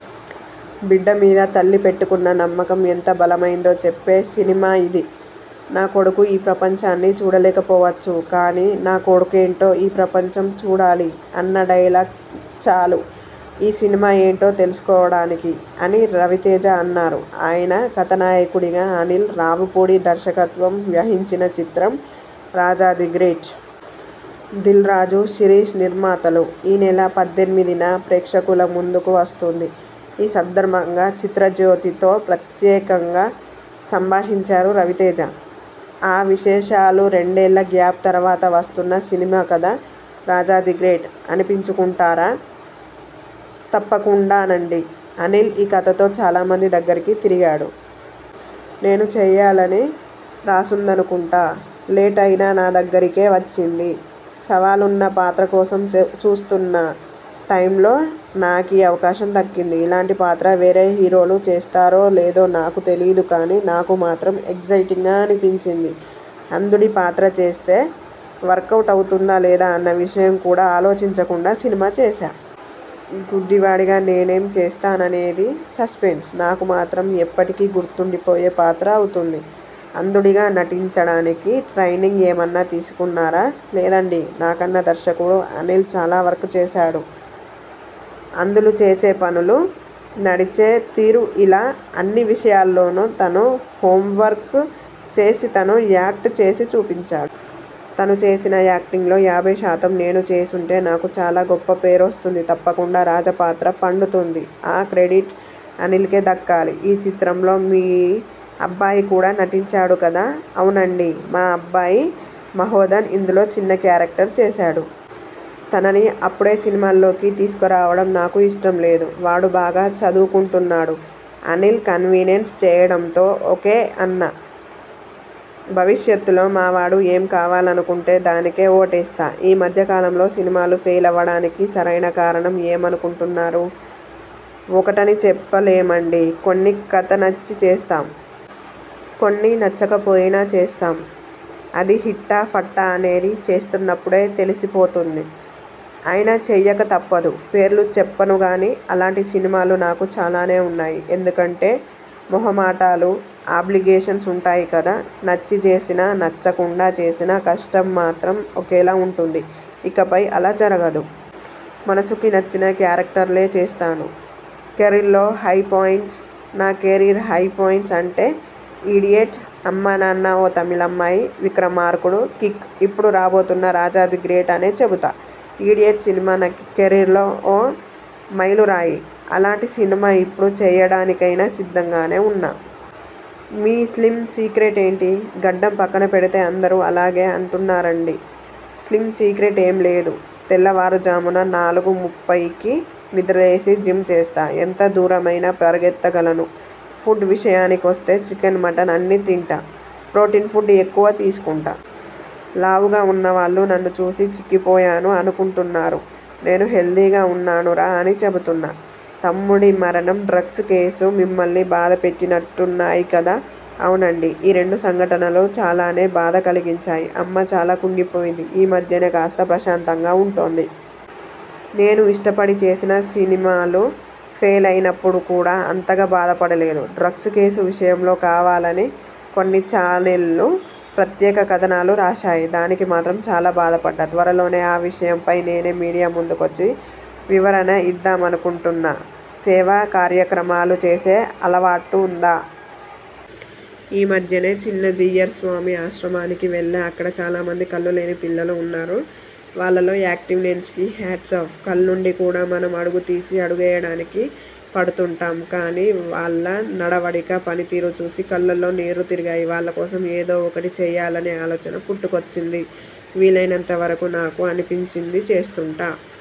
బిడ్డ మీద తల్లి పెట్టుకున్న నమ్మకం ఎంత బలమైందో చెప్పే సినిమా ఇది. 'నా కొడుకు ఈ ప్రపంచాన్ని చూడలేకపోవచ్చు. కానీ నా కొడుకేంటో ఈ ప్రపంచం చూడాలి' అన్న డైలాగ్ చాలు ఈ సినిమా ఏంటో తెలుసుకోవడానికి'' అని రవితేజ అన్నారు. ఆయన కథానాయకుడిగా అనిల్ రావిపూడి దర్శకత్వం వహించిన చిత్రం 'రాజా ది గ్రేట్'. దిల్ రాజు, శిరీశ్ నిర్మాతలు. ఈ నెల పద్దెనిమిదిన ప్రేక్షకుల ముందుకు వస్తోంది. ఈ సందర్భంగా 'చిత్రజ్యోతి'తో ప్రత్యేకంగా సంభాషించారు రవితేజ. ఆ విశేషాలురెండేళ్ల గ్యాప్ తర్వాత వస్తున్న సినిమా కదా. 'రాజా ది గ్రేట్' అనిపించుకుంటారా? తప్పకుండానండీ. అనిల్ ఈ కథతో చాలామంది దగ్గరికి తిరిగాడు. నేను చెయ్యాలని రాసుందనుకుంటా. లేట్ అయినా నా దగ్గరికే వచ్చింది. సవాలున్న పాత్ర కోసం చ చూస్తున్న టైమ్లో నాకీ అవకాశం దక్కింది. ఇలాంటి పాత్ర వేరే హీరోలు చేస్తారో లేదో నాకు తెలీదు కానీ నాకు మాత్రం ఎగ్జైటింగ్గా అనిపించింది. అంధుడి పాత్ర చేస్తే వర్కవుట్ అవుతుందా లేదా అన్న విషయం కూడా ఆలోచించకుండా సినిమా చేశా. గుడ్డివాడిగా నేనేం చేస్తాననేది సస్పెన్స్. నాకు మాత్రం ఎప్పటికీ గుర్తుండిపోయే పాత్ర అవుతుంది. అంధుడిగా నటించడానికి ట్రైనింగ్ ఏమన్నా తీసుకున్నారా? లేదండీ. నాకన్నా దర్శకుడు అనిల్ చాలా వర్క్ చేశాడు. అంధులు చేసే పనులు, నడిచే తీరు ఇలా అన్ని విషయాల్లోనూ తను హోమ్వర్క్ చేసి తను యాక్ట్ చేసి చూపించాడు. తను చేసిన యాక్టింగ్లో యాభై శాతం నేను చేసుంటే నాకు చాలా గొప్ప పేరొస్తుంది. తప్పకుండా రాజా పాత్ర పండుతుంది. ఆ క్రెడిట్ అనిల్కే దక్కాలి. ఈ చిత్రంలో మీ అబ్బాయి కూడా నటించాడు కదా? అవునండీ.. మా అబ్బాయి మహోధన్ ఇందులో చిన్న క్యారెక్టర్ చేశాడు. తనని అప్పుడే సినిమాల్లోకి తీసుకురావడం నాకు ఇష్టం లేదు. వాడు బాగా చదువుకుంటున్నాడు. అనిల్ కన్వినెన్స్ చెయ్యడంతో ఓకే అన్నా. భవిష్యత్తులో మావాడు ఏం కావాలనుకుంటే దానికే ఓటేస్తా. ఈ మధ్యకాలంలో సినిమాలు ఫెయిల్ అవ్వడానికి సరైన కారణం ఏమనుకుంటున్నారు? ఒకటని చెప్పలేమండీ. కొన్ని కథ నచ్చి చేస్తాం. కొన్ని నచ్చకపోయినా చేస్తాం. అది హిట్టా ఫట్టా అనేది చేస్తున్నప్పుడే తెలిసిపోతుంది. అయినా చెయ్యక తప్పదు. పేర్లు చెప్పనుగానీ అలాంటి సినిమాలు నాకు చానానే ఉన్నాయి. ఎందుకంటే మోహమాటాలు, ఆబ్లిగేషన్స్ ఉంటాయి కదా. నచ్చి చేసినా, నచ్చకుండా చేసినా కష్టం మాత్రం ఒకేలా ఉంటుంది. ఇకపై అలా జరగదు. మనసుకి నచ్చిన క్యారెక్టర్లే చేస్తాను. కెరీర్లో హై పాయింట్స్? నా కెరీర్ హై పాయింట్స్ అంటే 'ఇడియట్', 'అమ్మానాన్న ఓ తమిళమ్మాయి', 'విక్రమార్కుడు', 'కిక్' ఇప్పుడు రాబోతున్న 'రాజా ది గ్రేట్ అనే చెబుతా. 'ఇడియట్' సినిమా నా కెరీర్లో ఓ మైలురాయి. అలాంటి సినిమా ఇప్పుడు చెయ్యడానికైనా సిద్ధంగానే ఉన్నా. మీ స్లిమ్ సీక్రెట్ ఏంటి? గడ్డం పక్కన పెడితే అందరూ అలాగే అంటున్నారండీ. స్లిమ్ సీక్రెట్ ఏమీ లేదు. తెల్లవారుజామున నాలుగు ముప్పైకి నిద్రలేచి జిమ్ చేస్తా. ఎంత దూరమైనా పరిగెత్తగలను. ఫుడ్ విషయానికొస్తే.. చికెన్, మటన్ అన్నీ తింటా. ప్రోటీన్ ఫుడ్ ఎక్కువ తీసుకుంటా. లావుగా ఉన్నవాళ్లు నన్ను చూసి చిక్కిపోయాను అనుకుంటున్నారు. 'నేను హెల్దీగా ఉన్నాను రా' అని చెబుతున్నా. తమ్ముడి మరణం, డ్రగ్స్ కేసు మిమ్మల్ని బాధ పెట్టినట్టున్నాయి కదా? అవునండీ. ఈ రెండు సంఘటనలు చాలానే బాధ కలిగించాయి. అమ్మ చాలా కుంగిపోయింది. ఈ మధ్యనే కాస్త ప్రశాంతంగా ఉటోంది. నేను ఇష్టపడి చేసిన సినిమాలు ఫెయిల్ అయినప్పుడు కూడా అంతగా బాధ పడలేదు. డ్రగ్స్ కేసు విషయంలో కావాలని కొన్ని ఛానెళ్లు ప్రత్యేక కథనాలు రాశాయి. దానికి మాత్రం చాలా బాధపడ్డా. త్వరలోనే ఆ విషయంపై నేనే మీడియా ముందుకొచ్చి వివరణ ఇద్దామనుకుంటున్నా. సేవా కార్యక్రమాలు చేసే అలవాటుందా? ఈ మధ్యనే చిన్నజీయర్స్వామి ఆశ్రమానికి వెళ్లా. అక్కడ చాలామంది కళ్లులేని పిల్లలు ఉన్నారు. వాళ్లలో యాక్టివ్నెస్కి హ్యాట్సాఫ్. కళ్లుండి కూడా మనం అడుగు తీసి అడుగేయడానికి పడుతుంటాం. కానీ వాళ్ల నడవడిక, పనితీరు చూసి కళ్లల్లో నీరు తిరిగాయి. వాళ్లకోసం ఏదొకటి చెయ్యాలనే ఆలోచన పుట్టుకొచ్చింది. వీలైనంత వరకూ నాకు అనిపించింది చేస్తుంటా.